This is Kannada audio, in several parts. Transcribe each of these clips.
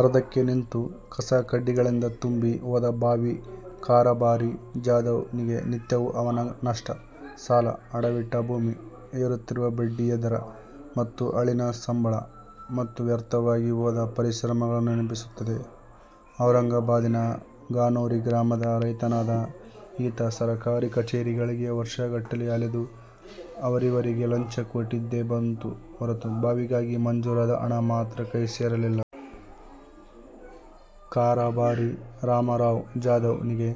ಅರ್ಧಕ್ಕೆ ನಿಂತು, ಕಸ ಕಡ್ಡಿಗಳಿಂದ ತುಂಬಿ ಹೋದ ಬಾವಿ ಕಾರಭಾರಿ ಜಾಧವ್ ನಿಗೆ ನಿತ್ಯವೂ ಅವನ ನಷ್ಟ, ಸಾಲ, ಅಡವಿಟ್ಟ ಭೂಮಿ, ಏರುತ್ತಿರುವ ಬಡ್ಡಿಯ ದರ ಮತ್ತು ಆಳಿನ ಸಂಬಳ ಮತ್ತು ವ್ಯರ್ಥವಾಗಿ ಹೋದ ಪರಿಶ್ರಮಗಳನ್ನು ನೆನಪಿಸುತ್ತದೆ. ಔರಂಗಾಬಾದಿನ ಗನೋರಿ ಗ್ರಾಮದ ರೈತನಾದ ಈತ ಸರಕಾರಿ ಕಛೇರಿಗಳಿಗೆ ವರ್ಷಗಟ್ಟಲೆ ಅಲೆದು ಅವರಿವರಿಗೆ ಲಂಚ ಕೊಟ್ಟಿದ್ದೇ ಬಂತು ಹೊರತು ಬಾವಿಗಾಗಿ ಮಂಜೂರಾದ ಹಣ ಮಾತ್ರ ಕೈ ಸೇರಲಿಲ್ಲ. ಕಾರಭಾರಿ ರಾಮರಾವ್ ಜಾಧವ್ ನಿಗೆ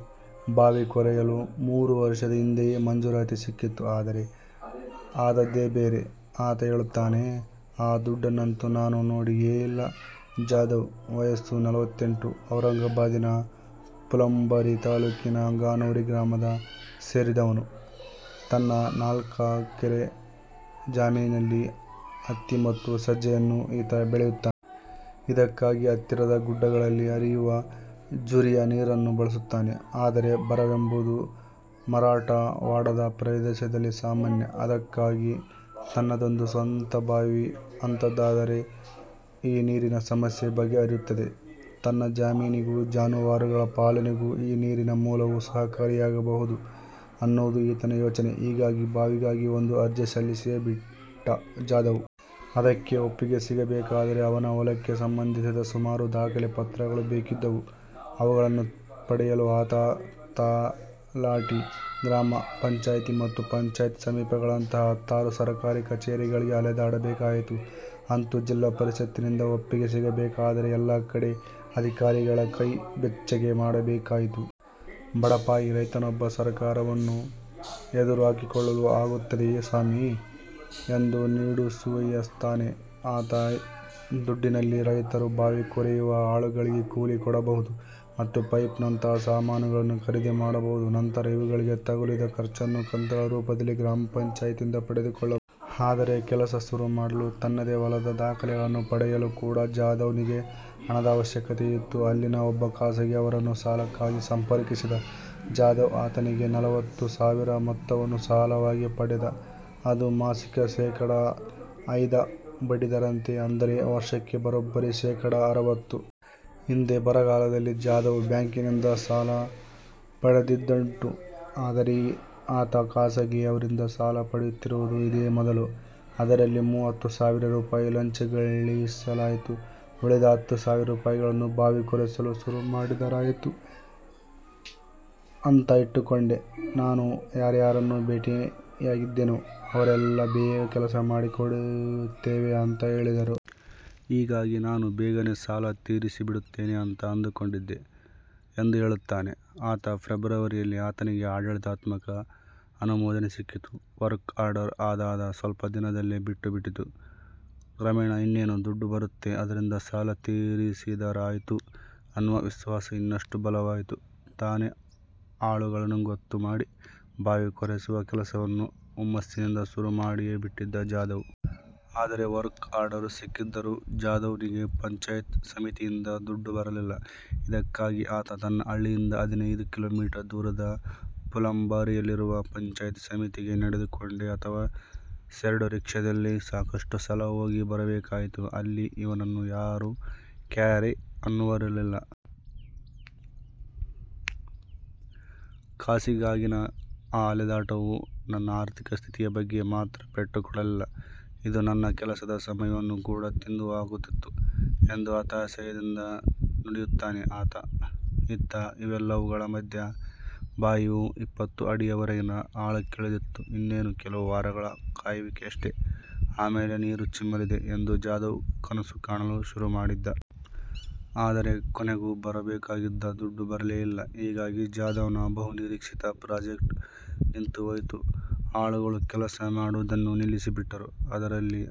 ಬಾವಿ ಕೊರೆಯಲು ಮೂರು ವರ್ಷದ ಹಿಂದೆಯೇ ಮಂಜೂರಾತಿ ಸಿಕ್ಕಿತ್ತು. ಆದರೆ ಆದದ್ದೇ ಬೇರೆ. ಆತ ಹೇಳುತ್ತಾನೆ, "ಆ ದುಡ್ಡನ್ನಂತೂ ನಾನು ನೋಡಿಯೇ ಇಲ್ಲ. " ಜಾಧವ್, ವಯಸ್ಸು ನಲವತ್ತೆಂಟು, ಔರಂಗಾಬಾದಿನ ಫುಲಾಂಬರಿ ತಾಲೂಕಿನ ಗನೋರಿ ಗ್ರಾಮಕ್ಕೆ ಸೇರಿದವನು. ತನ್ನ ನಾಲ್ಕೆಕರೆ ಜಮೀನಿನಲ್ಲಿ ಹತ್ತಿ ಮತ್ತು ಸಜ್ಜೆಯನ್ನು ಈತ ಬೆಳೆಯುತ್ತಾನೆ. ಇದಕ್ಕಾಗಿ ಹತ್ತಿರದ ಗುಡ್ಡಗಳಲ್ಲಿ ಹರಿಯುವ ಝರಿಯ ನೀರನ್ನು ಬಳಸುತ್ತಾನೆ. ಆದರೆ ಬರವೆಂಬುದು ಮರಾಠವಾಡದ ಪ್ರದೇಶದಲ್ಲಿ ಸಾಮಾನ್ಯ. ಅದಕ್ಕಾಗಿ ತನ್ನದೊಂದು ಸ್ವಂತ ಬಾವಿ ಅಂತಾದರೆ ಈ ನೀರಿನ ಸಮಸ್ಯೆ ಬಗೆಹರಿಯುತ್ತದೆ, ತನ್ನ ಜಮೀನಿಗೂ ಜಾನುವಾರುಗಳ ಪಾಲನೆಗೂ ಈ ನೀರಿನ ಮೂಲವು ಸಹಕಾರಿಯಾಗಬಹುದು ಅನ್ನುವುದು ಈತನ ಯೋಚನೆ. ಹೀಗಾಗಿ ಬಾವಿಗಾಗಿ ಒಂದು ಅರ್ಜಿ ಸಲ್ಲಿಸಿಯೇ ಬಿಟ್ಟ ಜಾಧವ್. ಅದಕ್ಕೆ ಒಪ್ಪಿಗೆ ಸಿಗಬೇಕಾದರೆ ಅವನ ಹೊಲಕ್ಕೆ ಸಂಬಂಧಿಸಿದ ಸುಮಾರು ದಾಖಲೆ ಪಾತ್ರಗಳು ಬೇಕಿದ್ದವು. ಅವುಗಳನ್ನು ಪಡೆಯಲು ಆತ ತಲಾಠಿ, ಗ್ರಾಮ ಪಂಚಾಯತ್ ಮತ್ತು ಪಂಚಾಯತ್ ಸಮಿತಿಗಳಂತಹ ಹತ್ತಾರು ಸರಕಾರಿ ಕಛೇರಿಗಳಿಗೆ ಅಲೆದಾಡಬೇಕಾಯಿತು. ಅಂತೂ ಜಿಲ್ಲಾ ಪರಿಷತ್ತಿನಿಂದ ಒಪ್ಪಿಗೆ ಸಿಗಬೇಕಾದರೆ, ಎಲ್ಲಾ ಕಡೆ ಅಧಿಕಾರಿಗಳ ಕೈ ಬೆಚ್ಚಗೆ ಮಾಡಬೇಕಾಯಿತು. "ಬಡಪಾಯಿ ರೈತನೊಬ್ಬ ಸರಕಾರವನ್ನು ಎದುರು ಹಾಕಿಕೊಳ್ಳಲು ಆಗುತ್ತದೆಯೇ ಸ್ವಾಮೀ? ", ಎಂದು ನಿಡುಸುಯ್ಯುತ್ತಾನೆ ಆತ. ಈ ದುಡ್ಡಿನಲ್ಲಿ ರೈತರು ಬಾವಿ ಕೊರೆಯುವ ಆಳುಗಳಿಗೆ ಕೂಲಿ ಕೊಡಬಹುದು ಮತ್ತು ಪೈಪ್ ನಂತಹ ಸಾಮಾನುಗಳನ್ನು ಖರೀದಿ ಮಾಡಬಹುದು. ನಂತರ ಇವುಗಳಿಗೆ ತಗುಲಿದ ಖರ್ಚನ್ನು ಕಂತುಗಳ ರೂಪದಲ್ಲಿ ಗ್ರಾಮ ಪಂಚಾಯಿತಿಯಿಂದ ಪಡೆದುಕೊಳ್ಳ ಆದರೆ ಕೆಲಸ ಶುರು ಮಾಡಲು, ತನ್ನದೇ ಹೊಲದ ದಾಖಲೆಗಳನ್ನು ಪಡೆಯಲೂ ಕೂಡ ಜಾಧವ್ ನಿಗೆ ಹಣದ ಅವಶ್ಯಕತೆಯಿತ್ತು. ಅಲ್ಲಿನ ಒಬ್ಬ ಖಾಸಗಿಯವರನ್ನು ಸಾಲಕ್ಕಾಗಿ ಸಂಪರ್ಕಿಸಿದ ಜಾಧವ್ ಆತನಿಂದ ನಲವತ್ತು ಸಾವಿರ ಮೊತ್ತವನ್ನು ಸಾಲವಾಗಿ ಪಡೆದ. ಅದೂ ಮಾಸಿಕ ಶೇಖಡ ಐದ ಬಡ್ಡಿದರದಂತೆ; ಅಂದರೆ ವರ್ಷಕ್ಕೆ ಬರೋಬ್ಬರಿ ಶೇಖಡ ಅರವತ್ತು. ಹಿಂದೆ ಬರಗಾಲದಲ್ಲಿ ಜಾಧವ್ ಬ್ಯಾಂಕಿನಿಂದ ಸಾಲ ಪಡೆದಿದ್ದುಂಟು. ಆದರೆ ಆತ ಖಾಸಗಿಯವರಿಂದ ಸಾಲ ಪಡೆಯುತ್ತಿರುವುದು ಇದೇ ಮೊದಲು. "ಅದರಲ್ಲಿ ಮೂವತ್ತು ಸಾವಿರ ರೂಪಾಯಿ ಲಂಚಗಳಿಗಾಯಿತು. ಉಳಿದ ಹತ್ತು ಸಾವಿರ ರೂಪಾಯಿಗಳನ್ನು ಬಾವಿ ಕೊರೆಸಲು ಶುರು ಮಾಡಿದರಾಯಿತು ಅಂತ ಇಟ್ಟುಕೊಂಡೆ. ನಾನು ಯಾರ್ಯಾರನ್ನು ಭೇಟಿಯಾಗಿದ್ದೆನೋ ಅವರೆಲ್ಲ ಬೇಗ ಕೆಲಸ ಮಾಡಿಸಿಕೊಡುತ್ತೇವೆ ಅಂತ ಹೇಳಿದ್ದರು. ಹೀಗಾಗಿ ನಾನೂ ಬೇಗನೆ ಸಾಲ ತೀರಿಸಿಬಿಡುತ್ತೇನೆ ಅಂತ ಅಂದುಕೊಂಡಿದ್ದೆ", ಎಂದು ಹೇಳುತ್ತಾನೆ ಆತ. ಫೆಬ್ರುವರಿಯಲ್ಲಿ ಆತನಿಗೆ ಆಡಳಿತಾತ್ಮಕ ಅನುಮೋದನೆ ಸಿಕ್ಕಿತ್ತು. ವರ್ಕ್ ಆರ್ಡರ್ ಅದಾದ ಸ್ವಲ್ಪ ದಿನಗಳಲ್ಲೇ ಬಂದುಬಿಟ್ಟಿತು. ಕ್ರಮೇಣ ಇನ್ನೇನು ದುಡ್ಡು ಬರುತ್ತೆ, ಅದರಿಂದ ಸಾಲ ತೀರಿಸಿದರಾಯಿತು ಅನ್ನುವ ವಿಶ್ವಾಸ ಇನ್ನಷ್ಟು ಬಲವಾಯಿತು. ತಾನೇ ಆಳುಗಳನ್ನು ಗೊತ್ತು ಮಾಡಿ ಬಾವಿ ಕೊರೆಸುವ ಕೆಲಸವನ್ನು ಹುಮ್ಮಸ್ಸಿನಿಂದ ಶುರು ಮಾಡಿಯೇಬಿಟ್ಟಿದ್ದ ಜಾಧವ್. ಆದರೆ ವರ್ಕ್ ಆರ್ಡರ್ ಸಿಕ್ಕಿದ್ದರೂ ಜಾಧವ್ ನಿಗೆ ಪಂಚಾಯತ್ ಸಮಿತಿಯಿಂದ ದುಡ್ಡು ಬರಲಿಲ್ಲ. ಇದಕ್ಕಾಗಿ ಆತ ತನ್ನ ಹಳ್ಳಿಯಿಂದ ಹದಿನೈದು ಕಿಲೋಮೀಟರು ದೂರದ ಫುಲಾಂಬರಿಯಲ್ಲಿರುವ ಪಂಚಾಯತ್ ಸಮಿತಿಗೆ ನಡೆದುಕೊಂಡೋ ಅಥವಾ ಶೇರ್ಡ್ ರಿಕ್ಷಾದಲ್ಲಿ ಸಾಕಷ್ಟು ಸಲ ಹೋಗಿ ಬರಬೇಕಾಯಿತು. ಅಲ್ಲಿ ಇವನನ್ನು ಯಾರೂ ಕ್ಯಾರೇ ಅನ್ನುವವರಿರಲಿಲ್ಲ. "ಕಾಸಿಗಾಗಿನ ಈ ಅಲೆದಾಟವು ನನ್ನ ಆರ್ಥಿಕ ಸ್ಥಿತಿಯ ಮೇಲೆ ಮಾತ್ರ ಪೆಟ್ಟು ಕೊಡಲಿಲ್ಲ, ಇದು ನನ್ನ ಕೆಲಸದ ಸಮಯವನ್ನೂ ಕೂಡ ತಿಂದು ಹಾಕುತ್ತಿತ್ತು'', ಎಂದು ಹತಾಶೆಯಿಂದ ನುಡಿಯುತ್ತಾನೆ ಆತ. ಇತ್ತ ಇವೆಲ್ಲವುಗಳ ಮಧ್ಯೆ, ಬಾವಿಯು ಇಪ್ಪತ್ತು ಅಡಿಯವರೆಗಿನ ಆಳಕ್ಕಿಳಿದಿತ್ತು. ಇನ್ನೇನು ಕೆಲವು ವಾರಗಳ ಕಾಯುವಿಕೆಯಷ್ಟೇ, ಆಮೇಲೆ ನೀರು ಚಿಮ್ಮಲಿದೆ ಎಂದು ಜಾಧವ್ ಕನಸು ಕಾಣಲು ಶುರು ಮಾಡಿದ್ದ. ಆದರೆ ಕೊನೆಗೂ ಬರಬೇಕಾಗಿದ್ದ ದುಡ್ಡು ಬರಲೇ ಇಲ್ಲ. ಹೀಗಾಗಿ ಜಾಧವ್ ನ ಬಹುನಿರೀಕ್ಷಿತ ಪ್ರಾಜೆಕ್ಟ್ ನಿಂತು ಹೋಯಿತು. "ಆಳುಗಳು ಕೆಲಸ ಮಾಡುವುದನ್ನು ನಿಲ್ಲಿಸಿಬಿಟ್ಟರು. ಅದರಲ್ಲಿ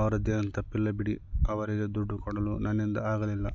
ಅವರದ್ದೇನೂ ತಪ್ಪಿಲ್ಲ ಬಿಡಿ. ಅವರಿಗೆ ದುಡ್ಡು ಕೊಡಲು ನನ್ನಿಂದ ಆಗಲಿಲ್ಲ.